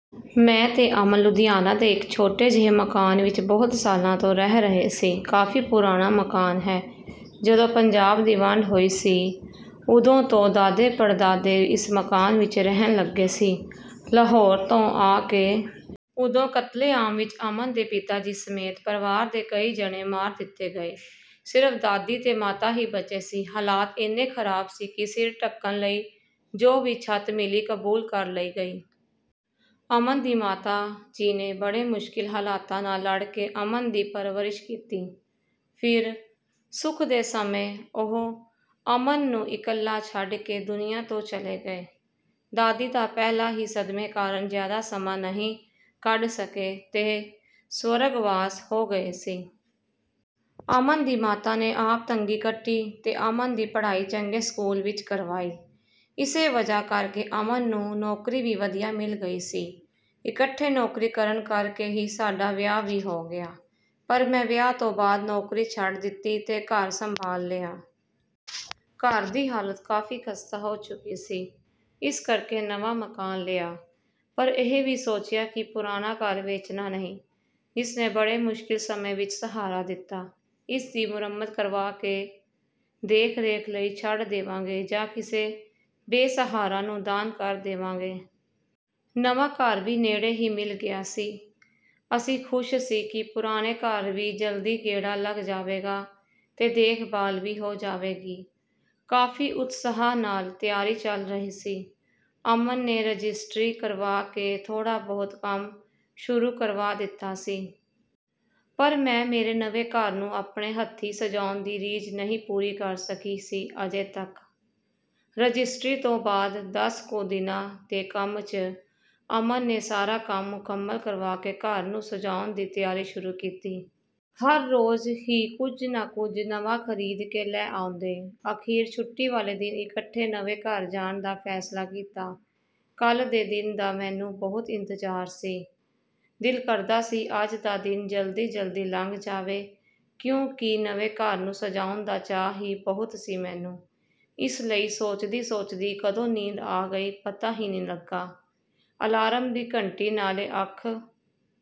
ਮੈਂ ਤੇ ਅਮਨ ਲੁਧਿਆਣਾ ਦੇ ਇੱਕ ਛੋਟੇ ਜਿਹੇ ਮਕਾਨ ਵਿੱਚ ਬਹੁਤ ਸਾਲਾਂ ਤੋਂ ਰਹਿ ਰਹੇ ਸੀ। ਕਾਫ਼ੀ ਪੁਰਾਣਾ ਮਕਾਨ ਹੈ। ਜਦੋਂ ਪੰਜਾਬ ਦੀ ਵੰਡ ਹੋਈ ਸੀ, ਉਦੋਂ ਤੋਂ ਦਾਦੇ-ਪੜਦਾਦੇ ਇਸ ਮਕਾਨ ਵਿੱਚ ਰਹਿਣ ਲੱਗੇ ਸੀ, ਲਾਹੌਰ ਤੋਂ ਆ ਕੇ। ਉਦੋਂ ਕਤਲੇਆਮ ਵਿੱਚ ਅਮਨ ਦੇ ਪਿਤਾ ਜੀ ਸਮੇਤ ਪਰਿਵਾਰ ਦੇ ਕਈ ਜਣੇ ਮਾਰ ਦਿੱਤੇ ਗਏ। ਸਿਰਫ਼ ਦਾਦੀ ਤੇ ਮਾਤਾ ਹੀ ਬਚੇ ਸੀ। ਹਾਲਾਤ ਏਨੇ ਖਰਾਬ ਸੀ ਕਿ ਸਿਰ ਢੱਕਣ ਲਈ ਜੋ ਵੀ ਛੱਤ ਮਿਲੀ, ਕਬੂਲ ਕਰ ਲਈ ਗਈ। ਅਮਨ ਦੀ ਮਾਤਾ ਜੀ ਨੇ ਬੜੇ ਮੁਸ਼ਕਿਲ ਹਾਲਾਤਾਂ ਨਾਲ ਲੜ ਕੇ ਅਮਨ ਦੀ ਪਰਵਰਿਸ਼ ਕੀਤੀ। ਫਿਰ, ਸੁੱਖ ਦੇ ਸਮੇਂ ਉਹ ਅਮਨ ਨੂੰ ਇਕੱਲਾ ਛੱਡ ਕੇ ਦੁਨੀਆ ਤੋਂ ਚਲੇ ਗਏ। ਦਾਦੀ ਤਾਂ ਪਹਿਲਾਂ ਹੀ ਸਦਮੇ ਕਾਰਨ ਜ਼ਿਆਦਾ ਸਮਾਂ ਨਹੀਂ ਕੱਢ ਸਕੇ ਤੇ ਸਵਰਗਵਾਸ ਹੋ ਗਏ ਸੀ। ਅਮਨ ਦੀ ਮਾਤਾ ਨੇ ਆਪ ਤੰਗੀ ਕੱਟੀ ਤੇ ਅਮਨ ਦੀ ਪੜ੍ਹਾਈ ਚੰਗੇ ਸਕੂਲ ਵਿੱਚ ਕਰਵਾਈ। ਇਸੇ ਵਜ੍ਹਾ ਕਰਕੇ ਅਮਨ ਨੂੰ ਨੌਕਰੀ ਵੀ ਵਧੀਆ ਮਿਲ ਗਈ ਸੀ। ਇਕੱਠੇ ਨੌਕਰੀ ਕਰਨ ਕਰਕੇ ਹੀ ਸਾਡਾ ਵਿਆਹ ਵੀ ਹੋ ਗਿਆ, ਪਰ ਮੈਂ ਵਿਆਹ ਤੋਂ ਬਾਅਦ ਨੌਕਰੀ ਛੱਡ ਦਿੱਤੀ ਤੇ ਘਰ ਸੰਭਾਲ ਲਿਆ। ਘਰ ਦੀ ਹਾਲਤ ਕਾਫ਼ੀ ਖਸਤਾ ਹੋ ਚੁੱਕੀ ਸੀ। ਇਸ ਕਰਕੇ ਨਵਾਂ ਮਕਾਨ ਲਿਆ। ਪਰ ਇਹ ਵੀ ਸੋਚਿਆ ਕਿ ਪੁਰਾਣਾ ਘਰ ਵੇਚਣਾ ਨਹੀਂ, ਜਿਸ ਨੇ ਬੜੇ ਮੁਸ਼ਕਿਲ ਸਮੇਂ ਵਿੱਚ ਸਹਾਰਾ ਦਿੱਤਾ। ਇਸ ਦੀ ਮੁਰੰਮਤ ਕਰਵਾ ਕੇ ਦੇਖ-ਰੇਖ ਲਈ ਛੱਡ ਦੇਵਾਂਗੇ ਜਾਂ ਕਿਸੇ ਬੇਸਹਾਰਾ ਨੂੰ ਦਾਨ ਕਰ ਦੇਵਾਂਗੇ। ਨਵਾਂ ਘਰ ਵੀ ਨੇੜੇ ਹੀ ਮਿਲ ਗਿਆ ਸੀ। ਅਸੀਂ ਖੁਸ਼ ਸੀ ਕਿ ਪੁਰਾਣੇ ਘਰ ਵੀ ਜਲਦੀ ਗੇੜਾ ਲੱਗ ਜਾਵੇਗਾ ਤੇ ਦੇਖ-ਭਾਲ ਵੀ ਹੋ ਜਾਵੇਗੀ। ਕਾਫ਼ੀ ਉਤਸ਼ਾਹ ਨਾਲ ਤਿਆਰੀ ਚੱਲ ਰਹੀ ਸੀ। ਅਮਨ ਨੇ ਰਜਿਸਟਰੀ ਕਰਵਾ ਕੇ ਥੋੜ੍ਹਾ-ਬਹੁਤ ਕੰਮ ਸ਼ੁਰੂ ਕਰਵਾ ਦਿੱਤਾ ਸੀ। ਪਰ ਮੈਂ ਮੇਰੇ ਨਵੇਂ ਘਰ ਨੂੰ ਆਪਣੇ ਹੱਥੀਂ ਸਜਾਉਣ ਦੀ ਰੀਝ ਨਹੀਂ ਪੂਰੀ ਕਰ ਸਕੀ ਸੀ ਅਜੇ ਤੱਕ...। ਰਜਿਸਟਰੀ ਤੋਂ ਬਾਅਦ ਦਸ ਕੁ ਦਿਨਾਂ ਦੇ ਕੰਮ 'ਚ ਅਮਨ ਨੇ ਸਾਰਾ ਕੰਮ ਮੁਕੰਮਲ ਕਰਵਾ ਕੇ ਘਰ ਨੂੰ ਸਜਾਉਣ ਦੀ ਤਿਆਰੀ ਸ਼ੁਰੂ ਕੀਤੀ। ਹਰ ਰੋਜ਼ ਹੀ ਕੁਝ ਨਾ ਕੁਝ ਨਵਾਂ ਖਰੀਦ ਕੇ ਲੈ ਆਉਂਦੇ। ਅਖੀਰ ਛੁੱਟੀ ਵਾਲੇ ਦਿਨ ਇਕੱਠੇ ਨਵੇਂ ਘਰ ਜਾਣ ਦਾ ਫ਼ੈਸਲਾ ਕੀਤਾ। ਕੱਲ੍ਹ ਦੇ ਦਿਨ ਦਾ ਮੈਨੂੰ ਬਹੁਤ ਇੰਤਜ਼ਾਰ ਸੀ। ਦਿਲ ਕਰਦਾ ਸੀ ਅੱਜ ਦਾ ਦਿਨ ਜਲਦੀ-ਜਲਦੀ ਲੰਘ ਜਾਵੇ, ਕਿਉਂਕਿ ਨਵੇਂ ਘਰ ਨੂੰ ਸਜਾਉਣ ਦਾ ਚਾਅ ਹੀ ਬਹੁਤ ਸੀ ਮੈਨੂੰ, ਇਸ ਲਈ ਸੋਚਦੀ-ਸੋਚਦੀ ਕਦੋਂ ਨੀਂਦ ਆ ਗਈ, ਪਤਾ ਹੀ ਨਹੀਂ ਲੱਗਾ। ਅਲਾਰਮ ਦੀ ਘੰਟੀ ਨਾਲ ਅੱਖ...